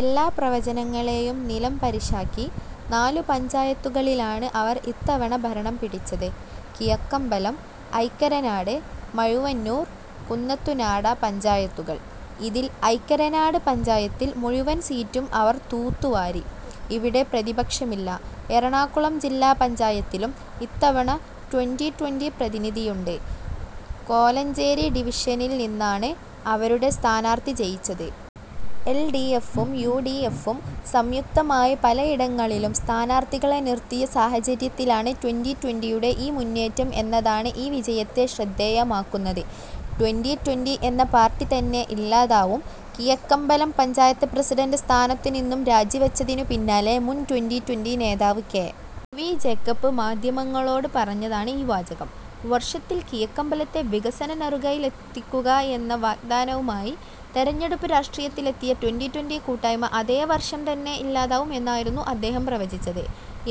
എല്ലാ പ്രവചനങ്ങളെയും നിലംപരിശാക്കി, നാലു പഞ്ചായത്തുകളിലാണ് അവര്‍ ഇത്തവണ ഭരണം പിടിച്ചത്. കിഴക്കമ്പലം, ഐക്കരനാട്, മഴുവന്നൂര്‍, കുന്നത്തുനാട പഞ്ചായത്തുകള്‍. ഇതില്‍ ഐക്കരനാട് പഞ്ചായത്തില്‍ മുഴുവന്‍ സീറ്റും അവര്‍ തൂത്തു വാരി. ഇവിടെ പ്രതിപക്ഷമില്ല. എറണാകുളം ജില്ലാ പഞ്ചായത്തിലും ഇത്തവണ ട്വന്റി ട്വന്റി പ്രതിനിധിയുണ്ട്. കോലഞ്ചേരി ഡിവിഷനിൽനിന്നാണ് അവരുടെ സ്ഥാനാര്‍ത്ഥി വിജയിച്ചത്. എല് ഡി എഫും യു ഡി എഫും സംയുക്തമായി പലയിടങ്ങളിലും സ്ഥാനാര്‍ത്ഥികളെ നിര്‍ത്തിയ സാഹചര്യത്തിലാണ് ട്വന്റി ട്വന്റി യുടെ ഈ മുന്നേറ്റം എന്നതാണ് ഈ വിജയത്തെ ശ്രദ്ധേയമാക്കുന്നത്. ട്വന്റി ട്വന്റി എന്ന പാര്‍ട്ടി തന്നെ ഇല്ലാതാവും''കിഴക്കമ്പലം പഞ്ചായത്ത് പ്രസിഡന്‍റ് സ്ഥാനത്തുനിന്നും രാജിവെച്ചതിനു പിന്നാലെ മുന്‍ ട്വന്റി ട്വന്റി നേതാവ് കെ. വി ജേക്കബ് മാധ്യമങ്ങളോട് പറഞ്ഞതാണ് ഈ വാചകം. വര്‍ഷത്തില്‍ കിഴക്കമ്പലത്തെ വികസന നെറുകയിലെത്തിക്കുക എന്ന വാഗ്ദാനവുമായി തെരഞ്ഞെടുപ്പ് രാഷ്ട്രീയത്തിലെത്തിയ ട്വന്റി ട്വന്റി കൂട്ടായ്മ അതേ വര്‍ഷം തന്നെ ഇല്ലാതാവും എന്നായിരുന്നു അദ്ദേഹം പ്രവചിച്ചത്.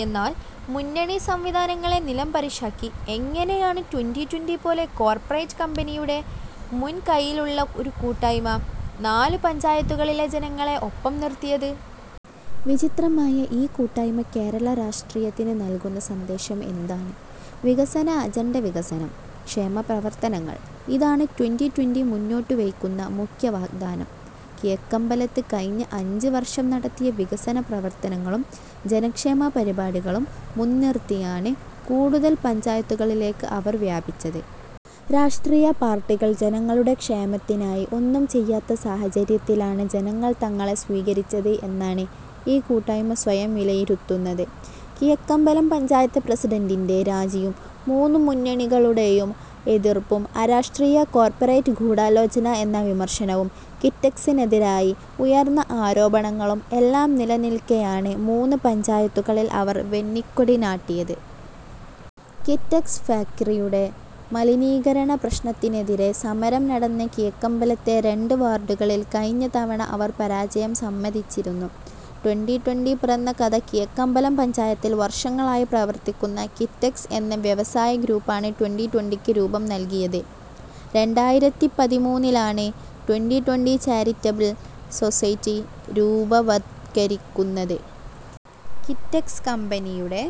എന്നാല്‍. മുന്നണി സംവിധാനങ്ങളെ നിലംപരിശാക്കി എങ്ങനെയാണ് ട്വന്റി ട്വന്റി പോലെ കോർപ്പറേറ്റ് കമ്പനിയുടെ മുൻ കൈയിലുള്ള ഒരു കൂട്ടായ്മ നാലു പഞ്ചായത്തുകളിലെ ജനങ്ങളെ ഒപ്പം നിര്‍ത്തിയത്? വിചിത്രമായ ഈ കൂട്ടായ്മ കേരള രാഷ്ട്രീയത്തിന് നല്കുന്ന സന്ദേശം എന്താണ്? വികസന അജണ്ട വികസനം, ക്ഷേമപ്രവർത്തനങ്ങൾ. ഇതാണ് ട്വന്റി ട്വന്റി മുന്നോട്ടുവെയ്ക്കുന്ന മുഖ്യ വാഗ്ദാനം. കിഴക്കമ്പലത്ത് കഴിഞ്ഞ അഞ്ച് വര്‍ഷം നടത്തിയ വികസന പ്രവര്‍ത്തനങ്ങളും ജനക്ഷേമ പരിപാടികളും മുന്നിര്‍ത്തിയാണ് കൂടുതല്‍ പഞ്ചായത്തുകളിലേക്ക് അവര്‍ വ്യാപിച്ചത്. രാഷ്ട്രീയ പാര്‍ട്ടികള്‍ ജനങ്ങളുടെ ക്ഷേമത്തിനായി ഒന്നും ചെയ്യാത്ത സാഹചര്യത്തിലാണ് ജനങ്ങള്‍ തങ്ങളെ സ്വീകരിച്ചത് എന്നാണ് ഈ കൂട്ടായ്മ സ്വയം വിലയിരുത്തുന്നത്. കിഴക്കമ്പലം പഞ്ചായത്ത് പ്രസിഡന്‍റിന്‍റെ രാജിയും മൂന്ന് മുന്നണികളുടെയും എതിര്‍പ്പും അരാഷ്ട്രീയ കോര്‍പ്പറേറ്റ് ഗൂഢാലോചന എന്ന വിമര്‍ശനവും കിറ്റെക്സിനെതിരായി ഉയര്‍ന്ന ആരോപണങ്ങളും എല്ലാം നിലനില്‍ക്കെയാണ് മൂന്ന് പഞ്ചായത്തുകളില്‍ അവര്‍ വെന്നിക്കൊടി നാട്ടിയത്. കിറ്റക്സ് ഫാക്റിയുടെ മലിനീകരണ പ്രശ്നത്തിനെതിരെ സമരം നടന്ന കിഴക്കമ്പലത്തെ രണ്ട് വാര്‍ഡുകളില്‍ കഴിഞ്ഞ തവണ അവര്‍ പരാജയം സമ്മതിച്ചിരുന്നു. ട്വന്റി ട്വന്റി പിറന്ന കഥ കിഴക്കമ്പലം പഞ്ചായത്തില്‍ വര്‍ഷങ്ങളായി പ്രവര്‍ത്തിക്കുന്ന കിറ്റക്സ് എന്ന വ്യവസായ ഗ്രൂപ്പാണ് ട്വന്റി ട്വന്റിക്ക് രൂപം നല്കിയത്. രണ്ടായിരത്തി പതിമൂന്നിലാണ് ട്വന്റി ട്വന്റി ചാരിറ്റബിള്‍ സൊസൈറ്റി രൂപവത്കരിക്കുന്നത്. കിറ്റക്സ് കമ്പനിയുടെ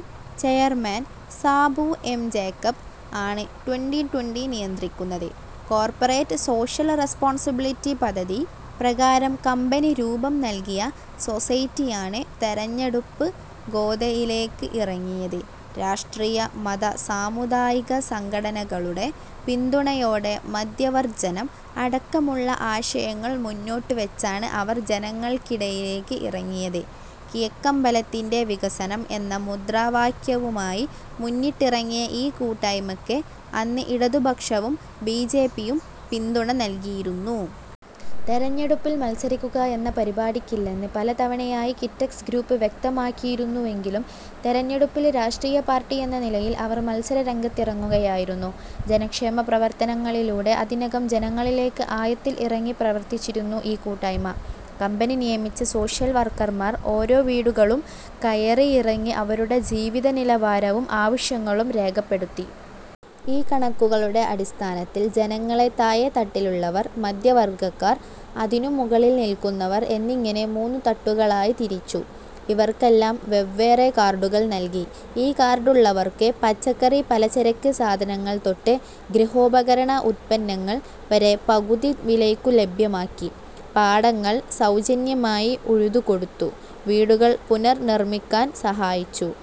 ചെയര്‍മാൻ സാബു എം ജേക്കബ് ആണ് ട്വന്റി ട്വന്റി നിയന്ത്രിക്കുന്നത്. കോർപ്പറേറ്റ് സോഷ്യല്‍ റെസ്പോൺസിബിലിറ്റി പദ്ധതി പ്രകാരം കമ്പനി രൂപം നല്കിയ സൊസൈറ്റിയാണ് തെരഞ്ഞെടുപ്പ് ഗോദയിലേക്ക് ഇറങ്ങിയത്. രാഷ്ട്രീയ-മത-സാമുദായിക സംഘടനകളുടെ പിന്തുണയോടെ മദ്യവർജ്ജനം അടക്കമുള്ള ആശയങ്ങള്‍ മുന്നോട്ടുവെച്ചാണ് അവര്‍ ജനങ്ങൾക്കിടയിലേക്ക് ഇറങ്ങിയത്. കിഴക്കമ്പലത്തിന്റെ വികസനം എന്ന മുദ്രാവാക്യവുമായി മുന്നിട്ടിറങ്ങിയ ഈ കൂട്ടായ്മക്ക് അന്ന് ഇടതുപക്ഷവും ബിജെപിയും പിന്തുണ നല്കിയിരുന്നു. തെരഞ്ഞെടുപ്പില്‍ മത്സരിക്കുക എന്ന പരിപാടിക്കില്ലെന്ന് പലതവണയായി കിറ്റക്സ് ഗ്രൂപ്പ് വ്യക്തമാക്കിയിരുന്നുവെങ്കിലും തെരഞ്ഞെടുപ്പില് രാഷ്ട്രീയ പാര്‍ട്ടി എന്ന നിലയില്‍ അവര്‍ മത്സര രംഗത്തിറങ്ങുകയായിരുന്നു. ജനക്ഷേമ പ്രവര്‍ത്തനങ്ങളിലൂടെ അതിനകം ജനങ്ങളിലേക്ക് ആഴത്തില്‍ ഇറങ്ങി പ്രവര്‍ത്തിച്ചിരുന്നു ഈ കൂട്ടായ്മ. കമ്പനി നിയമിച്ച സോഷ്യല്‍ വർക്കർമാർ ഓരോ വീടുകളും കയറിയിറങ്ങി അവരുടെ ജീവിതനിലവാരവും ആവശ്യങ്ങളും രേഖപ്പെടുത്തി. ഈ കണക്കുകളുടെ അടിസ്ഥാനത്തില്‍ ജനങ്ങളെ താഴെ തട്ടിലുള്ളവർ, മധ്യവർഗക്കാർ, അതിനും മുകളില്‍ നില്‍ക്കുന്നവര്‍ എന്നിങ്ങനെ മൂന്നു തട്ടുകളായി തിരിച്ചു. ഇവർക്കെല്ലാം വെവ്വേറെ കാര്‍ഡുകള്‍ നല്‍കി. ഈ കാർഡുഉള്ളവര്‍ക്ക് പച്ചക്കറി-പലചരക്ക് സാധനങ്ങള്‍ തൊട്ട് ഗൃഹോപകരണ ഉത്പന്നങ്ങള്‍ വരെ പകുതി വിലയ്ക്കു ലഭ്യമാക്കി. പാടങ്ങള്‍ സൗജന്യമായി ഉഴുതു കൊടുത്തു. വീടുകള്‍ പുനർനിര്‍മിക്കാന്‍ സഹായിച്ചു.